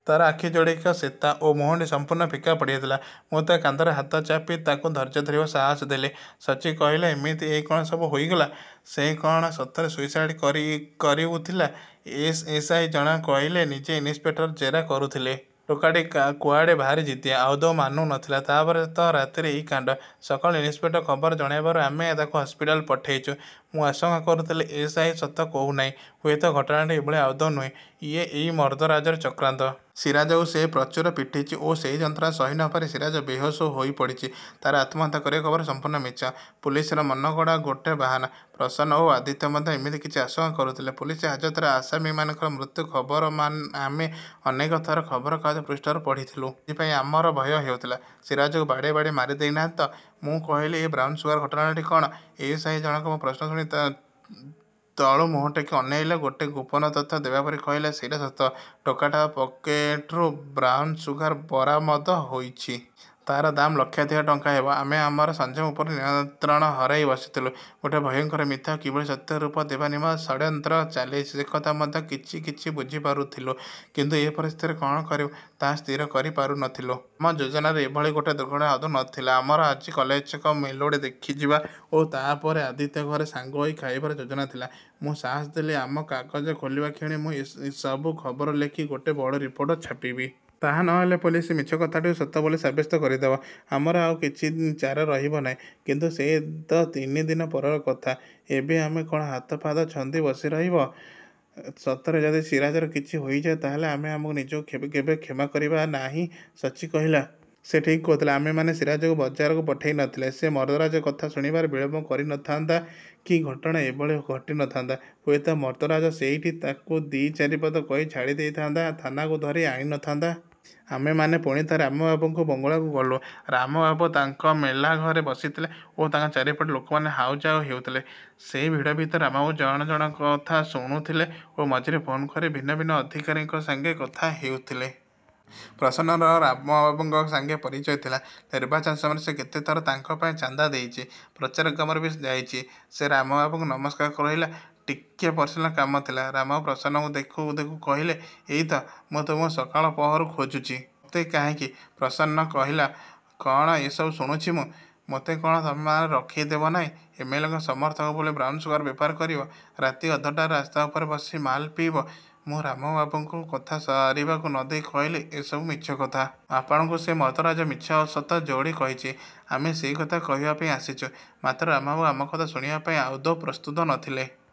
ତାର ଆଖିଯୋଡ଼ିକ ଶେତା ଓ ମୁହଁଟି ସମ୍ପୂର୍ଣ୍ଣ ଫିକା ପଡ଼ିଯାଇଥିଲା। ମୁଁ ତା କାନ୍ଧରେ ହାତ ଚାପି ତାକୁ ଧୈର୍ଯ୍ୟ ଧରିବାକୁ ସାହସ ଦେଲି। ସଚ୍ଚି କହିଲା, "ଏମିତି ଏ କଣ ସବୁ ହୋଇଗଲା? ସେ କଣ ସତରେ ସୁଇସାଇଡ କରି କରିଉଥିଲା?"ଏଏସ୍‌ଆଇ ଜଣକ କହିଲେ, "ନିଜେ ଇନ୍ସପେକ୍ଟର ଜେରା କରୁଥିଲେ। ଟୋକାଟି କା କୁଆଡ଼େ ଭାରି ଜିଦିଆ। ଆଦୌ ମାନୁ ନଥିଲା। ତାପରେ ତ ରାତିରେ ଏଇ କାଣ୍ଡ। ସକାଳୁ ଇନ୍ସପେକ୍ଟର ଖବର ଜଣାଇବାରୁ ଆମେ ତାକୁ ହସ୍ପିଟାଲ ପଠେଇଛୁ।"ମୁଁ ଆଶଙ୍କା କରୁଥିଲି, ଏଏସ୍‌ଆଇ ସତ କହୁନାହିଁ। ହୁଏତ ଘଟଣାଟି ଏଭଳି ଆଦୌ ନୁହେଁ। ଇଏ ଏଇ ମର୍ଦ୍ଦରାଜର ଚକ୍ରାନ୍ତ। ସିରାଜ ଓ ସେ ପ୍ରଚୁର ପିଟିଛି ଓ ସେଇ ଯନ୍ତ୍ରଣା ସହି ନପାରି ସିରାଜ ବେହୋସ ହୋଇପଡ଼ିଛି। ତାର ଆତ୍ମହତ୍ୟା କରିବା ଖବର ସମ୍ପୂର୍ଣ୍ଣ ମିଛ, ପୁଲିସର ମନଗଢ଼ା ଗୋଟେ ବାହାନା। ପ୍ରସନ୍ନ ଓ ଆଦିତ୍ୟ ମଧ୍ୟ ଏମିତି କିଛି ଆଶଙ୍କା କରୁଥିଲେ। ପୁଲିସ ହାଜତରେ ଆସାମୀମାନଙ୍କର ମୃତ୍ୟୁ ଖବର ମା ଆମେ ଅନେକ ଥର ଖବରକାଗଜ ପୃଷ୍ଠାରୁ ପଢ଼ିଥିଲୁ। ସେଥିପାଇଁ ଆମର ଭୟ ହେଉଥିଲା, ସିରାଜକୁ ବାଡ଼େଇ ବାଡ଼େଇ ମାରି ଦେଇନାହାନ୍ତି ତ! ମୁଁ କହିଲି, "ଏ ବ୍ରାଉନ ସୁଗାର ଘଟଣାଟି କଣ?"ଏଏସ୍‌ଆଇ ଜଣକ ମୋ ପ୍ରଶ୍ନ ଶୁଣି ତ ତଳୁ ମୁହଁଟେକି ଅନେଇଲେ। ଗୋଟେ ଗୋପନ ତଥ୍ୟ ଦେବାପରି କହିଲେ, "ସେଇଟା ସତ। ଟୋକାଟାର ପକେଟ୍ରୁ ବ୍ରାଉନ ସୁଗାର ବରାମଦ ହୋଇଛି। ତାର ଦାମ୍ ଲକ୍ଷାଧିକ ଟଙ୍କା ହେବ।"ଆମେ ଆମର ସଂଯମ ଉପର ନ୍ତ୍ରଣ ହରେଇ ବସୁଥିଲୁ। ଗୋଟେ ଭୟଙ୍କର ମିଥ୍ୟାକୁ କିଭଳି ସତ୍ୟର ରୂପ ଦେବା ନିମନ୍ତେ ଷଡ୍ଯନ୍ତ୍ର ଚାଲିଛି ସେକଥା ମଧ୍ୟ କିଛି କିଛି ବୁଝିପାରୁଥିଲୁ। କିନ୍ତୁ ଏ ପରିସ୍ଥିତିରେ କଣ କରିବୁ, ତାହା ସ୍ଥିର କରିପାରୁ ନଥିଲୁ। ଆମ ଯୋଜନାରେ ଏଭଳି ଗୋଟେ ଦୁର୍ଘଟଣା ଆଦୌ ନଥିଲା। ଆମର ଆଜି କଲେଜଛକ ମେଲୋଡ଼ି ଦେଖିଯିବା ଓ ତାପରେ ଆଦିତ୍ୟ ଘରେ ସାଙ୍ଗ ହୋଇ ଖାଇବାର ଯୋଜନା ଥିଲା। ମୁଁ ସାହସ ଦେଲି, "ଆମ କାଗଜ ଖୋଲିବା କ୍ଷଣି ମୁଁ ଏସ ଏସବୁ ଖବର ଲେଖି ଗୋଟେ ବଡ଼ ରିପୋର୍ଟ ଛାପିବି। ତାହା ନ ହେଲେ ପୋଲିସ ମିଛ କଥାଟିକୁ ସତ ବୋଲି ସାବ୍ୟସ୍ତ କରିଦେବ। ଆମର ଆଉ କିଛି ଚାରା ରହିବ ନାହିଁ।" "କିନ୍ତୁ ସେ ତ ତିନିଦିନ ପରର କଥା। ଏବେ ଆମେ କଣ ହାତପାଦ ଛନ୍ଦି ବସିରହିବ। ସତରେ ଯଦି ସିରାଜର କିଛି ହୋଇଯାଏ ତାହାହେଲେ ଆମେ ଆମ ନିଜକୁ କେବ କେବେ କ୍ଷମା କରିପାରିବା ନାହିଁ," ସଚ୍ଚି କହିଲା। ସେ ଠିକ୍ କହୁଥିଲା। ଆମେମାନେ ସିରାଜକୁ ବଜାରକୁ ପଠେଇ ନଥିଲେ ସେ ମର୍ଦ୍ଦରାଜ କଥା ଶୁଣିବାରେ ବିଳମ୍ବ କରି ନଥାନ୍ତା କି ଘଟଣା ଏଭଳି ଘଟି ନଥାନ୍ତା। ହୁଏତ ମର୍ଦ୍ଦରାଜ ସେଇଠି ତାକୁ ଦି ଚାରିପଦ କହି ଛାଡ଼ି ଦେଇଥାଆନ୍ତା। ଥାନାକୁ ଧରି ଆଣି ନଥାନ୍ତା। ଆମେମାନେ ପୁଣି ଥରେ ରାମବାବୁଙ୍କ ବଙ୍ଗଳାକୁ ଗଲୁ। ରାମବାବୁ ତାଙ୍କ ମେଲାଘରେ ବସିଥିଲେ ଓ ତାଙ୍କ ଚାରିପଟେ ଲୋକମାନେ ହାଉଯାଉ ହେଉଥିଲେ। ସେଇ ଭିଡ଼ ଭିତରେ ରାମବାବୁ ଜଣ ଜଣକର କଥା ଶୁଣୁଥିଲେ ଓ ମଝିରେ ଫୋନ୍ କରି ଭିନ୍ନ ଭିନ୍ନ ଅଧିକାରୀଙ୍କ ସାଙ୍ଗେ କଥା ହେଉଥିଲେ। ପ୍ରସନ୍ନର ରାମବାବୁଙ୍କ ସାଙ୍ଗେ ପରିଚୟ ଥିଲା। ନିର୍ବାଚନ ସମୟରେ ସେ କେତେଥର ତାଙ୍କ ପାଇଁ ଚାନ୍ଦା ଦେଇଛି। ପ୍ରଚାର କାମରେ ବି ଯାଇଛି। ସେ ରାମବାବୁଙ୍କୁ ନମସ୍କାର କରାଇଲା, "ଟିକେ ପର୍ସନାଲ କାମ ଥିଲା।"ରାମବାବୁ ପ୍ରସନ୍ନକୁ ଦେଖୁ ଦେଖୁ କହିଲେ, "ଏଇତ! ମୁଁ ତୁମକୁ ସକାଳ ପହରୁ ଖୋଜୁଛି।" "ମୋତେ? କାହିଁକି!" ପ୍ରସନ୍ନ କହିଲା। "କଣ ଏସବୁ ଶୁଣୁଛି ମୁଁ? ମୋତେ କଣ ତମେମାନେ ରଖେଇ ଦେବ ନାହିଁ! ଏମ୍‌ଏଲ୍‌ଏଙ୍କ ସମର୍ଥକ ବୋଲି ବ୍ରାଉନ ସୁଗାର ବେପାର କରିବ। ରାତି ଅଧଟାରେ ରାସ୍ତା ଉପରେ ବସି ମାଲ ପିଇବ!"ମୁଁ ରାମବାବୁଙ୍କୁ କଥା ସାରିବାକୁ ନ ଦେଇ କହିଲି, "ଏସବୁ ମିଛ କଥା। ଆପଣଙ୍କୁ ସେ ମର୍ଦ୍ଦରାଜ ମିଛ ସତ ଯୋଡ଼ି କହିଛି। ଆମେ ସେଇକଥା କହିବା ପାଇଁ ଆସିଛୁ।"ମାତ୍ର ରାମବାବୁ ଆମ କଥା ଶୁଣିବା ପାଇଁ ଆଦୌ ପ୍ରସ୍ତୁତ ନଥିଲେ।